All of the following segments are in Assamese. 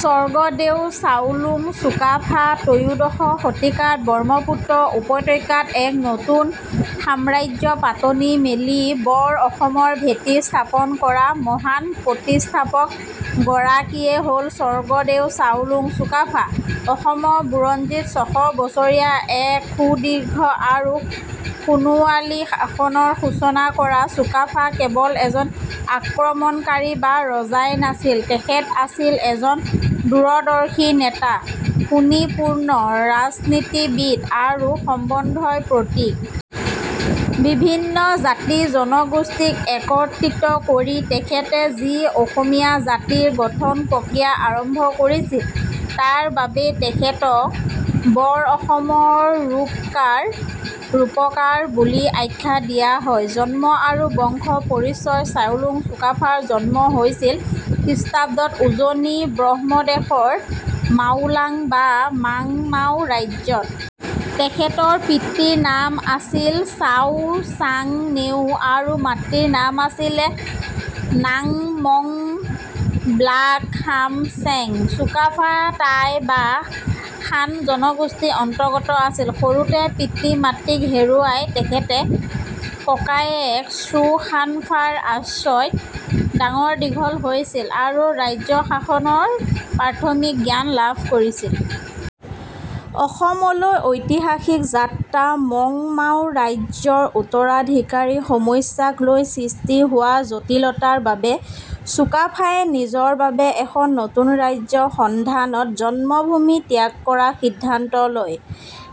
স্বৰ্গদেউ চাওলুং চুকাফা ত্ৰয়োদশ শতিকাত ব্ৰহ্মপুত্ৰ উপত্যকাত এক নতুন সাম্ৰাজ্যৰ পাতনি মেলি 'বৰ অসম'ৰ ভেটি স্থাপন কৰা মহান প্ৰতিষ্ঠাপক গৰাকীয়েই হ'ল স্বৰ্গদেউ চাওলুং চুকাফা। অসমৰ বুৰঞ্জীত ছশ বছৰীয়া এক সুদীৰ্ঘ আৰু সোণোৱালী শাসনৰ সূচনা কৰা চুকাফা কেৱল এজন আক্ৰমণকাৰী বা ৰজাই নাছিল, তেখেত আছিল এজন দূৰদৰ্শী নেতা, সুনিপুণ ৰাজনীতিবিদ আৰু সমন্বয়ৰ প্ৰতীক। বিভিন্ন জাতি-জনগোষ্ঠীক একত্ৰিত কৰি তেখেতে যি অসমীয়া জাতিৰ গঠন প্ৰক্ৰিয়া আৰম্ভ কৰিছিল, তাৰ বাবেই তেখেতক 'বৰ অসমৰ ৰূপকাৰ' বুলি আখ্যা দিয়া হয়। জন্ম আৰু বংশ পৰিচয়: চাওলুং চুকাফাৰ জন্ম হৈছিল খ্ৰীষ্টাব্দত, উজনি ব্ৰহ্মদেশৰ মাওলাং বা মং মাও ৰাজ্যত। তেখেতৰ পিতৃৰ নাম আছিল চাও চাং-ন্যেউ আৰু মাতৃৰ নাম আছিল নাং-মং ব্লাক-খাম-চেন। চুকাফা টাই বা শান জনগোষ্ঠীৰ অন্তৰ্গত আছিল। সৰুতেই পিতৃ-মাতৃক হেৰুৱাই তেখেতে ককায়েক ছ্যু-খান-ফাৰ আশ্ৰয়ত ডাঙৰ-দীঘল হৈছিল আৰু ৰাজ্য শাসনৰ প্ৰাথমিক জ্ঞান লাভ কৰিছিল। অসমলৈ ঐতিহাসিক যাত্ৰা: মং মাও ৰাজ্যৰ উত্তৰাধিকাৰীৰ সমস্যাক লৈ সৃষ্টি হোৱা জটিলতাৰ বাবে চুকাফাই নিজৰ বাবে এখন নতুন ৰাজ্যৰ সন্ধানত জন্মভূমি ত্যাগ কৰাৰ সিদ্ধান্ত লয়।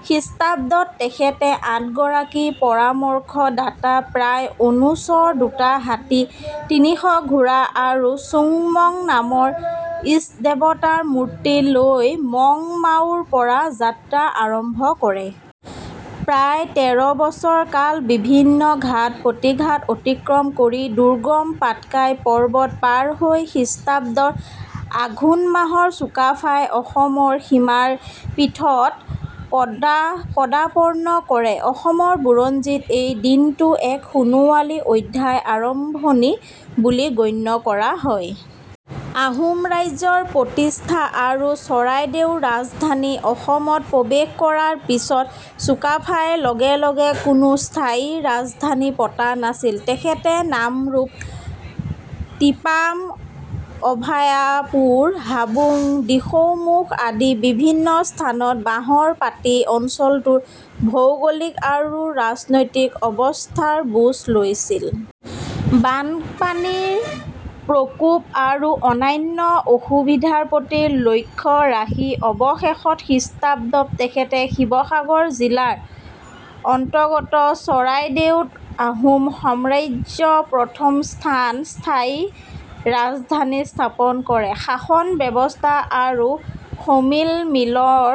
খ্ৰীষ্টাব্দত তেখেতে আঠগৰাকী পৰামৰ্শদাতা, প্ৰায় অনুচৰ, দুটা হাতী, তিনিশ ঘোঁৰা আৰু চুংমং নামৰ ইষ্টদেৱতাৰ মূৰ্তি লৈ মং মাওৰ পৰা যাত্ৰা আৰম্ভ কৰে। প্ৰায় তেৰ বছৰ কাল বিভিন্ন ঘাত-প্ৰতিঘাত অতিক্ৰম কৰি, দুৰ্গম পাটকাই পৰ্বত পাৰ হৈ খ্ৰীষ্টাব্দৰ আঘোণ মাহত চুকাফাই অসমৰ সৌমাৰপীঠত পদাৰ্পণ কৰে। অসমৰ বুৰঞ্জীত এই দিনটো এক সোণোৱালী অধ্যায়ৰ আৰম্ভণি বুলি গণ্য কৰা হয়। আহোম ৰাজ্যৰ প্ৰতিষ্ঠা আৰু চৰাইদেউৰ ৰাজধানী: অসমত প্ৰৱেশ কৰাৰ পিছত চুকাফাই লগে লগে কোনো স্থায়ী ৰাজধানী পতা নাছিল। তেখেতে নামৰূপ, টিপাম, অভয়াপুৰ, হাবুং, দিখৌমুখ আদি বিভিন্ন স্থানত বাহৰ পাতি অঞ্চলটোৰ ভৌগোলিক আৰু ৰাজনৈতিক অৱস্থাৰ বুজ লৈছিল। বানপানীৰ প্ৰকোপ আৰু অন্যান্য অসুবিধাৰ প্ৰতি লক্ষ্য ৰাখি অৱশেষত খ্ৰীষ্টাব্দত তেখেতে শিৱসাগৰ জিলাৰ অন্তৰ্গত চৰাইদেউত আহোম সাম্ৰাজ্যৰ প্ৰথমখন স্থায়ী ৰাজধানী স্থাপন কৰে। শাসন ব্যৱস্থা আৰু সমিলমিলৰ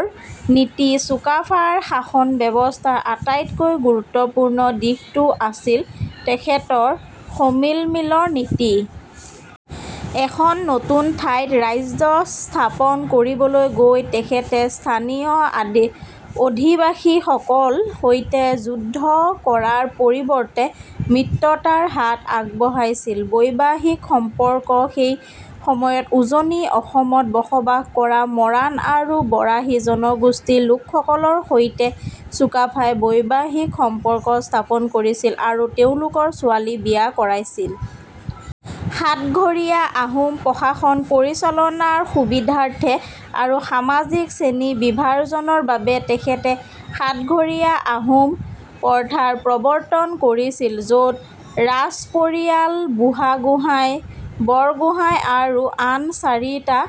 নীতি: চুকাফাৰ শাসন ব্যৱস্থাৰ আটাইতকৈ গুৰুত্বপূৰ্ণ দিশটো আছিল তেখেতৰ 'সমিলমিলৰ নীতি'। এখন নতুন ঠাইত ৰাজ্য স্থাপন কৰিবলৈ গৈ তেখেতে স্থানীয় অধিবাসীসকলৰ সৈতে যুদ্ধ কৰাৰ পৰিৱৰ্তে মিত্ৰতাৰ হাত আগবঢ়াইছিল। বৈবাহিক সম্পৰ্ক: সেই সময়ত উজনি অসমত বসবাস কৰা মৰাণ আৰু বৰাহী জনগোষ্ঠীৰ লোকসকলৰ সৈতে চুকাফাই বৈবাহিক সম্পৰ্ক স্থাপন কৰিছিল আৰু তেওঁলোকৰ ছোৱালী বিয়া কৰাইছিল। সাতঘৰীয়া আহোম: প্ৰশাসন পৰিচালনাৰ সুবিধাৰ্থে আৰু সামাজিক শ্ৰেণীবিভাজনৰ বাবে তেখেতে 'সাতঘৰীয়া আহোম' প্ৰথাৰ প্ৰৱৰ্তন কৰিছিল, য'ত ৰাজপৰিয়াল, বুঢ়াগোঁহাই, বৰগোঁহাই আৰু আন চাৰিটা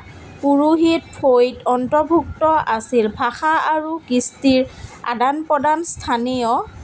পুৰোহিত ফৈদ অন্তৰ্ভুক্ত আছিল। ভাষা আৰু কৃষ্টিৰ আদান-প্ৰদান: স্থানীয়